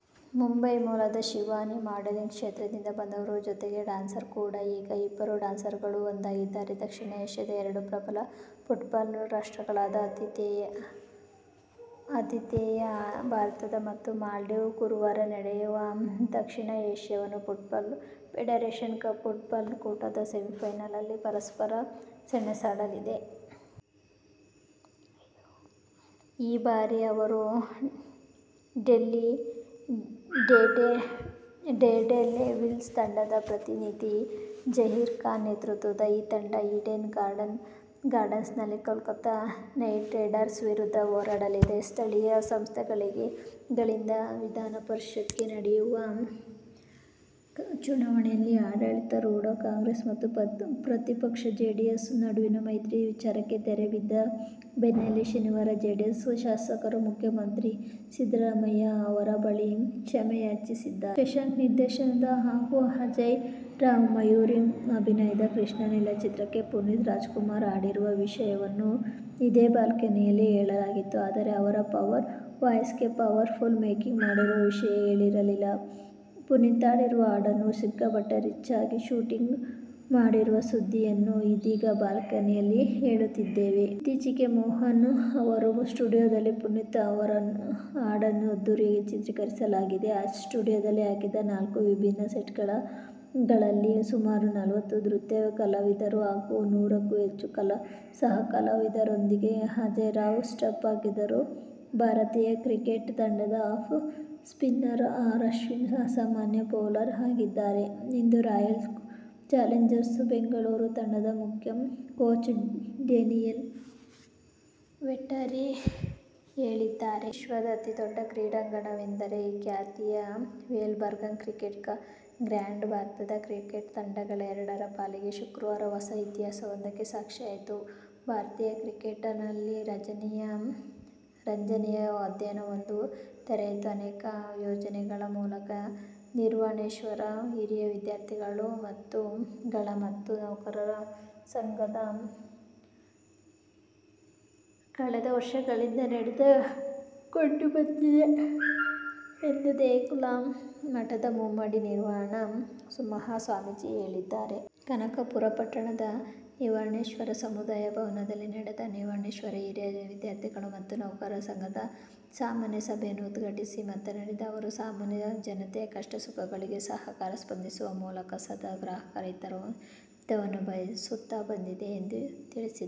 ಮುಂಬೈ ಮೂಲದ ಶಿವಾನಿ ಮಾಡೆಲಿಂಗ್ ಕ್ಷೇತ್ರದಿಂದ ಬಂದವರು. ಜೊತೆಗೆ ಡ್ಯಾನ್ಸರ್ ಕೂಡಾ. ಈಗ ಇಬ್ಬರು ಡ್ಯಾನ್ಸರ್ಗಳು ಒಂದಾಗುತ್ತಿದ್ದಾರೆ. ದಕ್ಷಿಣ ಏಶ್ಯದ ಎರಡು ಪ್ರಬಲ ಫುಟ್ಬಾಲ್ ರಾಷ್ಟ್ರಗಳಾದ ಆತಿ ಥೇಯ ಭಾರತ ಮತ್ತು ಮಾಲ್ದೀವ್ಸ್ ಗುರುವಾರ ನಡೆಯುವ ದಕ್ಷಿಣ Asian Football Federation Cup football ಕೂಟದ ಸೆಮಿಫೈನಲ್ನಲ್ಲಿ ಪರಸ್ಪರ ಸೆಣಸಾಡಲಿದೆ. ಈ ಬಾರಿ ಅವರು ಡೆಲ್ಲಿ ಡೇರ್ಡೆವಿಲ್ಸ್ ತಂಡದ ಪ್ರತಿನಿಧಿ. ಜಹೀರ್ ಖಾನ್ ನೇತೃತ್ವದ ಈ ತಂಡ "ಈಡನ್ ಗಾರ್ಡನ್ಸ್'ನಲ್ಲಿ ಕೋಲ್ಕತಾ ನೈಟ್ರೈಡರ್ ವಿರುದ್ಧ ಹೋರಾಡಲಿದೆ. ಸ್ಥಳೀಯ ಸಂಸ್ಥೆಗಳಿಂದ ವಿಧಾನಪರಿಷತ್ತಿಗೆ ನಡೆಯುವ ಚುನಾವಣೆಯಲ್ಲಿ ಆಡಳಿತಾರೂಢ ಕಾಂಗ್ರೆಸ್ ಮತ್ತು ಪ್ರತಿಪಕ್ಷ ಜೆಡಿಎಸ್ ನಡುವಿನ ಮೈತ್ರಿ ವಿಚಾರಕ್ಕೆ ತೆರೆ ಬಿದ್ದ ಬೆನ್ನಲ್ಲೇ ಶನಿವಾರ ಜೆಡಿಎಸ್ನ ಶಾಸಕರು ಮುಖ್ಯಮಂತ್ರಿ ಸಿದ್ದರಾಮಯ್ಯ ಅವರು ಬಳಿ ಕ್ಷಮೆ ಯಾಚಿಸಿದ್ದಾರೆ. ಶಶಾಂಕ್ ನಿರ್ದೇಶನದ ಹಾಗು ಅಜೇಯ್ ರಾವ್, ಮಯೂರಿ ಅಭಿನಯದ "ಕೃಷ್ಣಲೀಲ' ಚಿತ್ರಕ್ಕೆ ಪುನೀತ್ ರಾಜ್ಕುಮಾರ್ ಹಾಡಿರುವ ವಿಷಯವನ್ನು ಇದೇ ಬಾಲ್ಕನಿಯಲ್ಲಿ ಹೇಳಲಾಗಿತ್ತು. ಆದರೆ, ಅವರ "ಪವರ್ ವಾಯ್ಸ'ಗೆ ಪವರ್ಫುಲ್ ಮೇಕಿಂಗ್ ಮಾಡಿರೋ ವಿಷಯ ಹೇಳಿರಲಿಲ್ಲ. ಪುನೀತ್ ಹಾಡಿರುವ ಹಾಡನ್ನು ಸಿಕ್ಕಾಪಟ್ಟೆ ರಿಚ್ ಆಗಿ ಶೂಟಿಂಗ್ ಮಾಡಿರುವ ಸುದ್ದಿಯನ್ನು ಇದೀಗ ಬಾಲ್ಕನಿಯಲ್ಲಿ ಹೇಳುತ್ತಿದ್ದೇವೆ. ಇತ್ತೀಚೆಗೆ ಮೋಹನ್ ಅವರ ಸ್ಟುಡಿಯೋದಲ್ಲಿ ಪುನೀತ್ ಅವರ ಹಾಡನ್ನು ಅದ್ಧೂರಿಯಾಗಿ ಚಿತ್ರೀಕರಿಸಲಾಗಿದೆ. ಆ ಸ್ಟುಡಿಯೋದಲ್ಲಿ ಹಾಕಿದ್ದ ನಾಲ್ಕು ವಿಭಿನ್ನ ಸೆಟ್ಗಳಲ್ಲಿ ಸುಮಾರು ನಲವತ್ತು ನೃತ್ಯ ಕಲಾವಿದರು ಹಾಗು ನೂರಕ್ಕು ಹೆಚ್ಚು ಸಹಕಲಾವಿದರೊಂದಿಗೆ ಅಜೇಯ್ರಾವ್ ಸ್ಟೆಪ್ ಹಾಕಿದರು. ಭಾರತೀಯ ಕ್ರಿಕೆಟ್ ತಂಡದ ಆಫ್ ಸ್ಪಿನ್ನರ್ ಆರ್. ಅಶ್ವಿನ್ ಅಸಾಮಾನ್ಯ ಬೌಲರ್ ಆಗಿದ್ದಾರೆ ಎಂದು ರಾಯಲ್ ಚಾಲೆಂಜರ್ ಬೆಂಗಳೂರ್ ತಂಡದ ಮುಖ್ಯ ಕೋಚ್ ಡೇನಿಯಲ್ ವೆಟರಿ ಹೇಳಿದ್ದಾರೆ. ವಿಶ್ವದ ಅತಿ ದೊಡ್ಡ ಕ್ರೀಡಾಂಗಣವೆಂಬ ಖ್ಯಾತಿಯ "ಮೆಲ್ಬರ್ನ್ ಕ್ರಿಕೆಟ್ ಗ್ರೌಂಡ್' ಭಾರತದ ಕ್ರಿಕೆಟ್ ತಂಡಗಳೆಡರ ಪಾಲಿಗೆ ಶುಕ್ರವಾರ ಹೊಸ ಇತಿಹಾಸವೊಂದಕ್ಕೆ ಸಾಕ್ಷಿಯಾಯಿತು. ಭಾರತೀಯ ಕ್ರಿಕೆಟ್ನಲ್ಲಿ ರಂಜನೀಯ ಅಧ್ಯಾಯವೊಂದನ್ನು ತೆರೆಯಿತು. ಅನೇಕ ಯೋಜನೆಗಳ ಮೂಲಕ ನಿರ್ವಾಣೇಶ್ವರ ಹಿರಿಯ ವಿದ್ಯಾರ್ಥಿಗಳ ಮತ್ತು ನೌಕರರ ಸಹಕಾರ ಸಂಘ ಕಳೆದ ವರ್ಷಗಳಿಂದ ನಡೆದುಕೊಂಡು ಬಂದಿದೆ ಎಂದು ದೇಗುಲ ಮಠದ ಮುಮ್ಮಡಿ ನಿರ್ವಾಣ ಮಹಾಸ್ವಾಮೀಜಿ ಹೇಳಿದ್ದಾರೆ. ಕನಕಪುರ ಪಟ್ಟಣದ ನಿರ್ವಾಣೇಶ್ವರ ಸಮುದಾಯ ಭವನದಲ್ಲಿ ನಡೆದ ನಿರ್ವಾಣೇಶ್ವರ ಹಿರಿಯ ವಿದ್ಯಾರ್ಥಿಗಳ ಮತ್ತು ನೌಕರರ ಸಹಕಾರ ಸಂಘದ ಸಾಮಾನ್ಯ ಸಭೆಯನ್ನು ಉದ್ಘಾಟಿಸಿ ಮಾತನಾಡಿದ ಅವರು, ಸಾಮಾನ್ಯ ಜನತೆಯ ಕಷ್ಟ ಸುಖಗಳಿಗೆ ಸಹಕಾರ ಸಂಘ ಸ್ಪಂದಿಸುವ ಮೂಲಕ ಸದಾ ಗ್ರಾಹಕರ ಹಿತವನ್ನು ಬಯಸುತ್ತಾ ಬಂದಿದೆ ಎಂದು ತಿಳಿಸಿದರು.